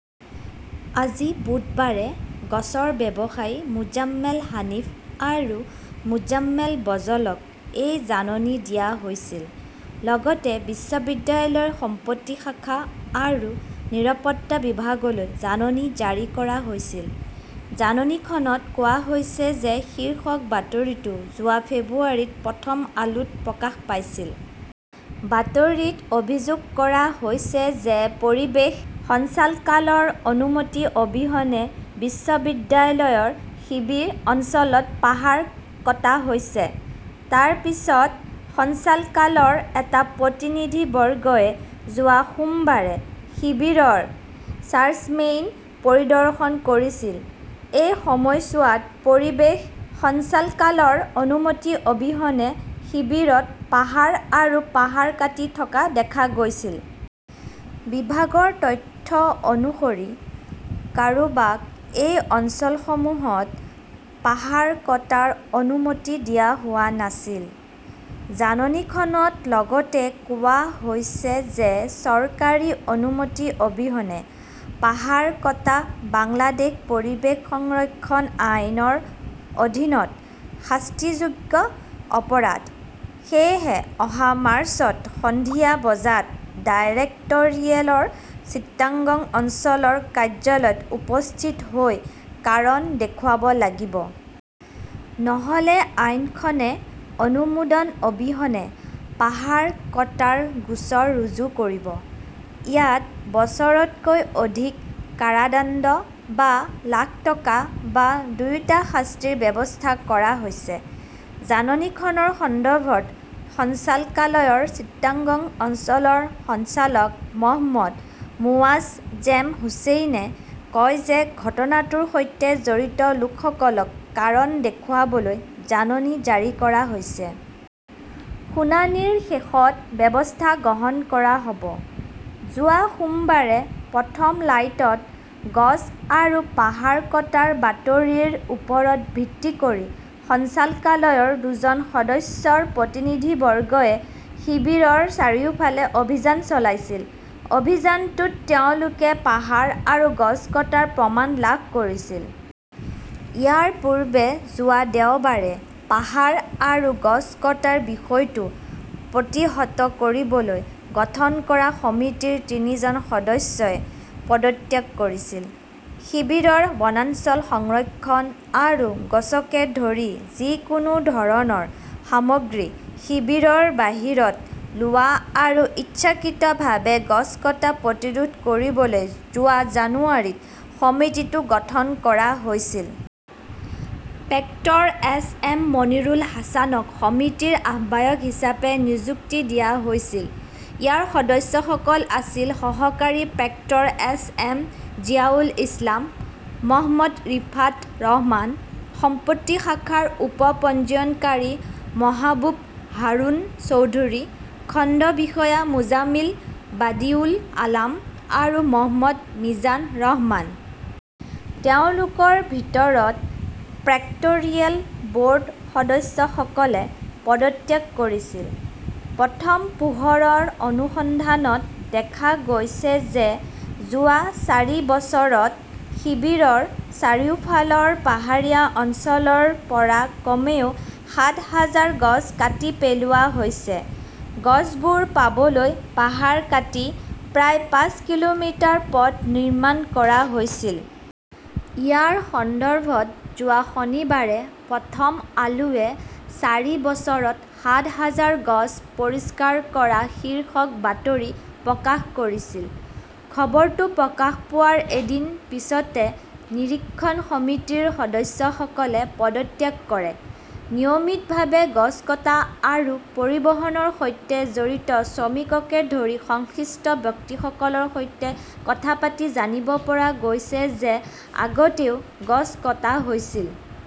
আজি বুধবাৰে গছৰ ব্যৱসায়ী মোজাম্মেল হানিফ আৰু মোজাম্মেল বজলক এই জাননী দিয়া হৈছিল। লগতে বিশ্ববিদ্যালয়ৰ সম্পত্তি শাখা আৰু নিৰাপত্তা বিভাগলৈ জাননী জাৰি কৰা হৈছিল। জাননীখনত কোৱা হৈছে যে শীৰ্ষক বাতৰিটো যোৱা ফেব্ৰুৱাৰীত প্ৰথম আলোত প্ৰকাশ পাইছিল। বাতৰিত অভিযোগ কৰা হৈছে যে, পৰিৱেশ সঞ্চালকালয়ৰ অনুমতি অবিহনে বিশ্ববিদ্যালয়ৰ শিবিৰ অঞ্চলত পাহাৰ কটা হৈছে। তাৰ পিছত সঞ্চালকালয়ৰ এটা প্ৰতিনিধিবৰ্গই যোৱা সোমবাৰে শিবিৰৰ চাৰ্জমেইন পৰিদৰ্শন কৰিছিল। এই সময়ছোৱাত পৰিৱেশ সঞ্চালকালয়ৰ অনুমতি অবিহনে শিবিৰত পাহাৰ আৰু পাহাৰ কাটি থকা দেখা গৈছিল। বিভাগৰ তথ্য অনুসৰি, কাৰোবাক এই অঞ্চলসমূহত পাহাৰ কটাৰ অনুমতি দিয়া হোৱা নাছিল। জাননীখনত লগতে কোৱা হৈছে যে চৰকাৰী অনুমতি অবিহনে পাহাৰ কটা বাংলাদেশ পৰিৱেশ সংৰক্ষণ আইন, ৰ অধীনত শাস্তিযোগ্য অপৰাধ। সেয়েহে অহা মাৰ্চত সন্ধিয়া বজাত ডাইৰেক্টৰিয়েলৰ চিটাগং অঞ্চলৰ কাৰ্যালয়ত উপস্থিত হৈ কাৰণ দেখুৱাব লাগিব। নহ'লে আইনখনে অনুমোদন অবিহনে পাহাৰ কটাৰ গোচৰ ৰুজু কৰিব। ইয়াত বছৰতকৈ অধিক কাৰাদণ্ড বা লাখ টকা বা দুয়োটা শাস্তিৰ ব্যৱস্থা কৰা হৈছে। জাননীখনৰ সন্দৰ্ভত সঞ্চালকালয়ৰ চিটাগং অঞ্চলৰ সঞ্চালক মহম্মদ মোৱাজজেম হোছেইনে কয় যে ঘটনাটোৰ সৈতে জড়িত লোকসকলক কাৰণ দেখুৱাবলৈ জাননী জাৰি কৰা হৈছে। শুনানিৰ শেষত ব্যৱস্থা গ্ৰহণ কৰা হ 'ব। যোৱা সোমবাৰে প্ৰথম লাইটত গছ আৰু পাহাৰ কটাৰ বাতৰিৰ ওপৰত ভিত্তি কৰি সঞ্চালকালয়ৰ দুজন সদস্যৰ প্ৰতিনিধিবৰ্গই শিবিৰৰ চাৰিওফালে অভিযান চলাইছিল। অভিযানটোত তেওঁলোকে পাহাৰ আৰু গছ কটাৰ প্ৰমাণ লাভ কৰিছিল। ইয়াৰ পূৰ্বে যোৱা দেওবাৰে পাহাৰ আৰু গছ কটাৰ বিষয়টো প্ৰতিহত কৰিবলৈ গঠন কৰা সমিতিৰ তিনিজন সদস্যই পদত্যাগ কৰিছিল। শিবিৰৰ বনাঞ্চল সংৰক্ষণ আৰু গছকে ধৰি যিকোনো ধৰণৰ সামগ্ৰী শিবিৰৰ বাহিৰত লোৱা আৰু ইচ্ছাকৃতভাৱে গছ কটা প্ৰতিৰোধ কৰিবলৈ যোৱা জানুৱাৰীত সমিতিটো গঠন কৰা হৈছিল। Proctor S. এম. মনিৰুল হাছানক সমিতিৰ আহ্বায়ক হিচাপে নিযুক্তি দিয়া হৈছিল। ইয়াৰ সদস্যসকল আছিল সহকাৰী proctor S M Ziaul Islam, Mohammad Rifat Rahman, সম্পত্তি শাখাৰ উপ পঞ্জীয়নকাৰী মহাবুব হাৰুন চৌধুৰী, খণ্ড বিষয়া মোজামিল বাডিউল আলম আৰু মহম্মদ মিজান ৰহমান। তেওঁলোকৰ ভিতৰত প্ৰেক্টৰিয়েল ব'ৰ্ড সদস্যসকলে পদত্যাগ কৰিছিল। প্ৰথম পোহৰৰ অনুসন্ধানত দেখা গৈছে যে যোৱা চাৰি বছৰত শিবিৰৰ চাৰিওফালৰ পাহাৰীয়া অঞ্চলৰ পৰা কমেও সাত হাজাৰ গছ কাটি পেলোৱা হৈছে। গছবোৰ পাবলৈ পাহাৰ কাটি প্ৰায় পাঁচ কিলোমিটাৰ পথ নিৰ্মাণ কৰা হৈছিল। ইয়াৰ সন্দৰ্ভত যোৱা শনিবাৰে প্ৰথম আলোৱে 'চাৰি বছৰত সাত হাজাৰ গছ পৰিষ্কাৰ কৰা' শীৰ্ষক বাতৰি প্ৰকাশ কৰিছিল। খবৰটো প্ৰকাশ পোৱাৰ এদিন পিছতে নিৰীক্ষণ সমিতিৰ সদস্যসকলে পদত্যাগ কৰে। নিয়মিতভাৱে গছ কটা আৰু পৰিবহণৰ সৈতে জড়িত শ্ৰমিককে ধৰি সংশ্লিষ্ট ব্যক্তিসকলৰ সৈতে কথা পাতি জানিব পৰা গৈছে যে আগতেও গছ কটা হৈছিল।